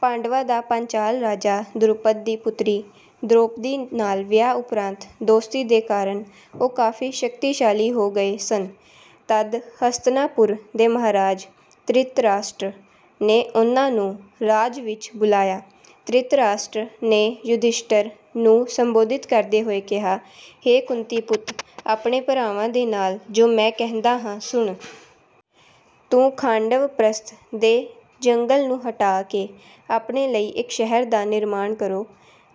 ਪਾਂਡਵਾਂ ਦਾ ਪਾਂਚਾਲ ਰਾਜਾ ਦ੍ਰੁਪਦ ਦੀ ਪੁਤਰੀ ਦ੍ਰੋਪਦੀ ਨਾਲ ਵਿਆਹ ਉੱਪਰਾਂਤ ਦੋਸਤੀ ਦੇ ਕਾਰਨ ਉਹ ਕਾਫੀ ਸ਼ਕਤੀਸ਼ਾਲੀ ਹੋ ਗਏ ਸਨ। ਤਦ ਹਸਤਨਾਪੁਰ ਦੇ ਮਹਾਰਾਜ ਧ੍ਰਿਤਰਾਸ਼ਟਰ ਨੇ ਉਨ੍ਹਾਂ ਨੂੰ ਰਾਜ ਵਿੱਚ ਬੁਲਾਇਆ। ਧ੍ਰਿਤਰਾਸ਼ਟਰ ਨੇ ਯੁਧਿਸ਼ਠਰ ਨੂੰ ਸੰਬੋਧਿਤ ਕਰਦੇ ਹੋਏ ਕਿਹਾ ਹੇ ਕੁੰਤੀ ਪੁੱਤ ਆਪਣੇ ਭਰਾਵਾਂ ਦੇ ਨਾਲ ਜੋ ਮੈਂ ਕਹਿੰਦਾ ਹਾਂ ਸੁਣ। ਤੂੰ ਖਾਂਡਵਪ੍ਰਸਥ ਦੇ ਜੰਗਲ ਨੂੰ ਹਟਾ ਕੇ ਆਪਣੇ ਲਈ ਇੱਕ ਸ਼ਹਿਰ ਦਾ ਨਿਰਮਾਣ ਕਰੋ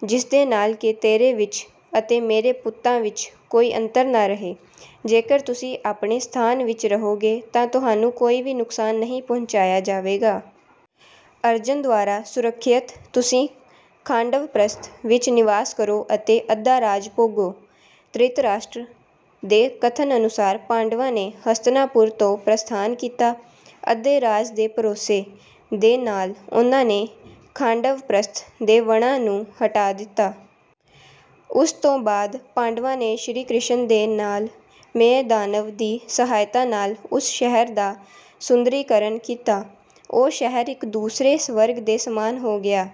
ਜਿਸਦੇ ਨਾਲ ਕਿ ਤੇਰੇ ਵਿੱਚ ਅਤੇ ਮੇਰੇ ਪੁੱਤਾਂ ਵਿੱਚ ਕੋਈ ਅੰਤਰ ਨਾ ਰਹੇ। ਜੇਕਰ ਤੁਸੀਂ ਆਪਣੇ ਸਥਾਨ ਵਿੱਚ ਰਹੋਗੇ ਤਾਂ ਤੁਹਾਨੂੰ ਕੋਈ ਵੀ ਨੁਕਸਾਨ ਨਹੀਂ ਪਹੁੰਚਾਇਆ ਜਾਵੇਗਾ। ਅਰਜਨ ਦੁਆਰਾ ਸੁਰੱਖਿਅਤ ਤੁਸੀਂ ਖਾਂਡਵਪ੍ਰਸਥ ਵਿੱਚ ਨਿਵਾਸ ਕਰੋ ਅਤੇ ਅੱਧਾ ਰਾਜ ਭੋਗੋ। ਧ੍ਰਿਤਰਾਸ਼ਟਰ ਦੇ ਕਥਨ ਅਨੁਸਾਰ ਪਾਂਡਵਾਂ ਨੇ ਹਸਤਨਾਪੁਰ ਤੋਂ ਪ੍ਰਸਥਾਨ ਕੀਤਾ। ਅੱਧੇ ਰਾਜ ਦੇ ਭਰੋਸੇ ਦੇ ਨਾਲ ਉਨ੍ਹਾਂ ਨੇ ਖਾਂਡਵਪ੍ਰਸਥ ਦੇ ਵਣਾਂ ਨੂੰ ਹਟਾ ਦਿੱਤਾ। ਉਸ ਤੋਂ ਬਾਅਦ ਪਾਂਡਵਾਂ ਨੇ ਸ਼੍ਰੀ ਕ੍ਰਿਸ਼ਨ ਦੇ ਨਾਲ ਮਯ ਦਾਨਵ ਦੀ ਸਹਾਇਤਾ ਨਾਲ ਉਸ ਸ਼ਹਿਰ ਦਾ ਸੁੰਦਰੀਕਰਨ ਕੀਤਾ। ਉਹ ਸ਼ਹਿਰ ਇੱਕ ਦੂਸਰੇ ਸਵਰਗ ਦੇ ਸਮਾਨ ਹੋ ਗਿਆ।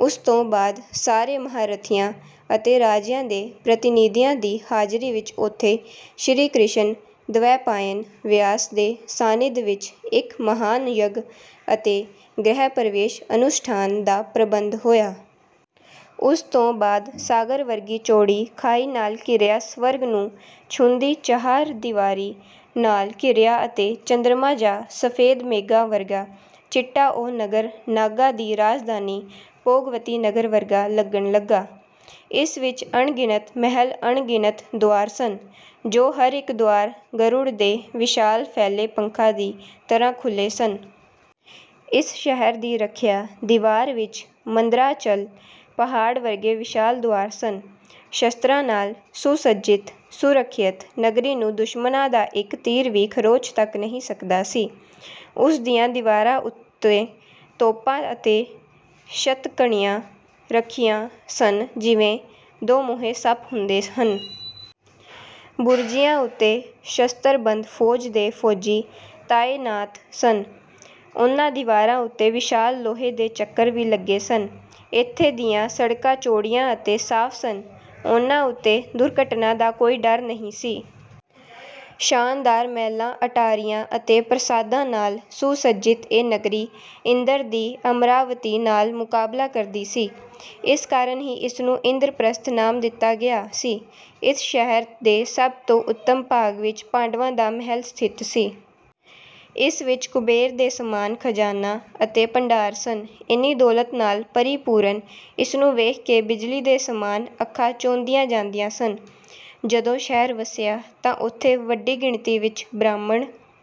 ਉਸ ਤੋਂ ਬਾਅਦ ਸਾਰੇ ਮਹਾਰਥੀਆਂ ਅਤੇ ਰਾਜਿਆਂ ਦੇ ਪ੍ਰਤੀਨਿਧੀਆਂ ਦੀ ਹਾਜ਼ਰੀ ਵਿੱਚ ਉੱਥੇ ਸ਼੍ਰੀ ਕ੍ਰਿਸ਼ਨ ਦਵੈਪਾਇਨ ਵਿਆਸ ਦੇ ਸਾਨਿਧ ਵਿੱਚ ਇੱਕ ਮਹਾਨ ਯੱਗ ਅਤੇ ਗ੍ਰਹਿ ਪ੍ਰਵੇਸ਼ ਅਨੁਸ਼ਠਾਨ ਦਾ ਪ੍ਰਬੰਧ ਹੋਇਆ। ਉਸ ਤੋਂ ਬਾਅਦ ਸਾਗਰ ਵਰਗੀ ਚੌੜੀ ਖਾਈ ਨਾਲ ਘਿਰਿਆ ਸਵਰਗ ਨੂੰ ਛੂੰਹਦੀ ਚਹਾਰਦੀਵਾਰੀ ਨਾਲ ਘਿਰਿਆ ਅਤੇ ਚੰਦਰਮਾ ਜਾਂ ਸਫੇਦ ਮੇਘਾਂ ਵਰਗਾ ਚਿੱਟਾ ਉਹ ਨਗਰ ਨਾਗਾਂ ਦੀ ਰਾਜਧਾਨੀ ਭੋਗਵਤੀ ਨਗਰ ਵਰਗਾ ਲੱਗਣ ਲੱਗਾ। ਇਸ ਵਿੱਚ ਅਣਗਿਣਤ ਮਹਿਲ ਅਣਗਿਨਤ ਦੁਆਰ ਸਨ ਜੋ ਹਰ ਇੱਕ ਦੁਆਰ ਗਰੁੜ ਦੇ ਵਿਸ਼ਾਲ ਫੈਲੇ ਪੰਖਾਂ ਦੀ ਤਰ੍ਹਾਂ ਖੁੱਲੇ ਸਨ। ਇਸ ਸ਼ਹਿਰ ਦੀ ਰੱਖਿਆ ਦੀਵਾਰ ਵਿੱਚ ਮੰਦਰਾਚਲ ਪਹਾੜ ਵਰਗੇ ਵਿਸ਼ਾਲ ਦੁਆਰ ਸਨ। ਸ਼ਸਤਰਾਂ ਨਾਲ ਸੁਸੱਜਿਤ ਸੁਰੱਖਿਅਤ ਨਗਰੀ ਨੂੰ ਦੁਸ਼ਮਨਾਂ ਦਾ ਇੱਕ ਤੀਰ ਵੀ ਖਰੋਚ ਤੱਕ ਨਹੀਂ ਸਕਦਾ ਸੀ। ਉਸ ਦੀਆਂ ਦੀਵਾਰਾਂ ਉੱਤੇ ਤੋਪਾਂ ਅਤੇ ਸ਼ਤਘਨੀਆਂ ਰੱਖੀਆਂ ਸਨ ਜਿਵੇਂ ਦੋਮੁਹੇ ਸੱਪ ਹੁੰਦੇ ਹਨ। ਬੁਰਜੀਆਂ ਉੱਤੇ ਸ਼ਸਤਰਬੰਦ ਫੌਜ ਦੇ ਫੌਜੀ ਤਾਇਨਾਤ ਸਨ। ਉਨ੍ਹਾਂ ਦੀਵਾਰਾਂ ਉੱਤੇ ਵਿਸ਼ਾਲ ਲੋਹੇ ਦੇ ਚੱਕਰ ਵੀ ਲੱਗੇ ਸਨ। ਇੱਥੇ ਦੀਆਂ ਸੜਕਾਂ ਚੌੜੀਆਂ ਅਤੇ ਸਾਫ ਸਨ। ਉਨ੍ਹਾਂ ਉੱਤੇ ਦੁਰਘਟਨਾ ਦਾ ਕੋਈ ਡਰ ਨਹੀਂ ਸੀ। ਸ਼ਾਨਦਾਰ ਮਹਿਲਾਂ ਅਟਾਰੀਆਂ ਅਤੇ ਪ੍ਰਾਸਾਦਾਂ ਨਾਲ ਸੁਸੱਜਿਤ ਇਹ ਨਗਰੀ ਇੰਦਰ ਦੀ ਅਮਰਾਵਤੀ ਨਾਲ ਮੁਕਾਬਲਾ ਕਰਦੀ ਸੀ। ਇਸ ਕਾਰਨ ਹੀ ਇਸਨੂੰ ਇੰਦਰਪ੍ਰਸਥ ਨਾਮ ਦਿੱਤਾ ਗਿਆ ਸੀ। ਇਸ ਸ਼ਹਿਰ ਦੇ ਸਭ ਤੋਂ ਉੱਤਮ ਭਾਗ ਵਿੱਚ ਪਾਂਡਵਾਂ ਦਾ ਮਹਿਲ ਸਥਿਤ ਸੀ। ਇਸ ਵਿੱਚ ਕੁਬੇਰ ਦੇ ਸਮਾਨ ਖਜ਼ਾਨਾ ਅਤੇ ਭੰਡਾਰ ਸਨ। ਇੰਨੀ ਦੌਲਤ ਨਾਲ ਪਰਿਪੂਰਨ ਇਸਨੂੰ ਵੇਖ ਕੇ ਬਿਜਲੀ ਦੇ ਸਮਾਨ ਅੱਖਾਂ ਚੌਧੀਆਂ ਜਾਂਦੀਆਂ ਸਨ। ਜਦੋਂ ਸ਼ਹਿਰ ਵਸਿਆ ਤਾਂ ਉੱਥੇ ਵੱਡੀ ਗਿਣਤੀ ਵਿੱਚ ਬ੍ਰਾਹਮਣ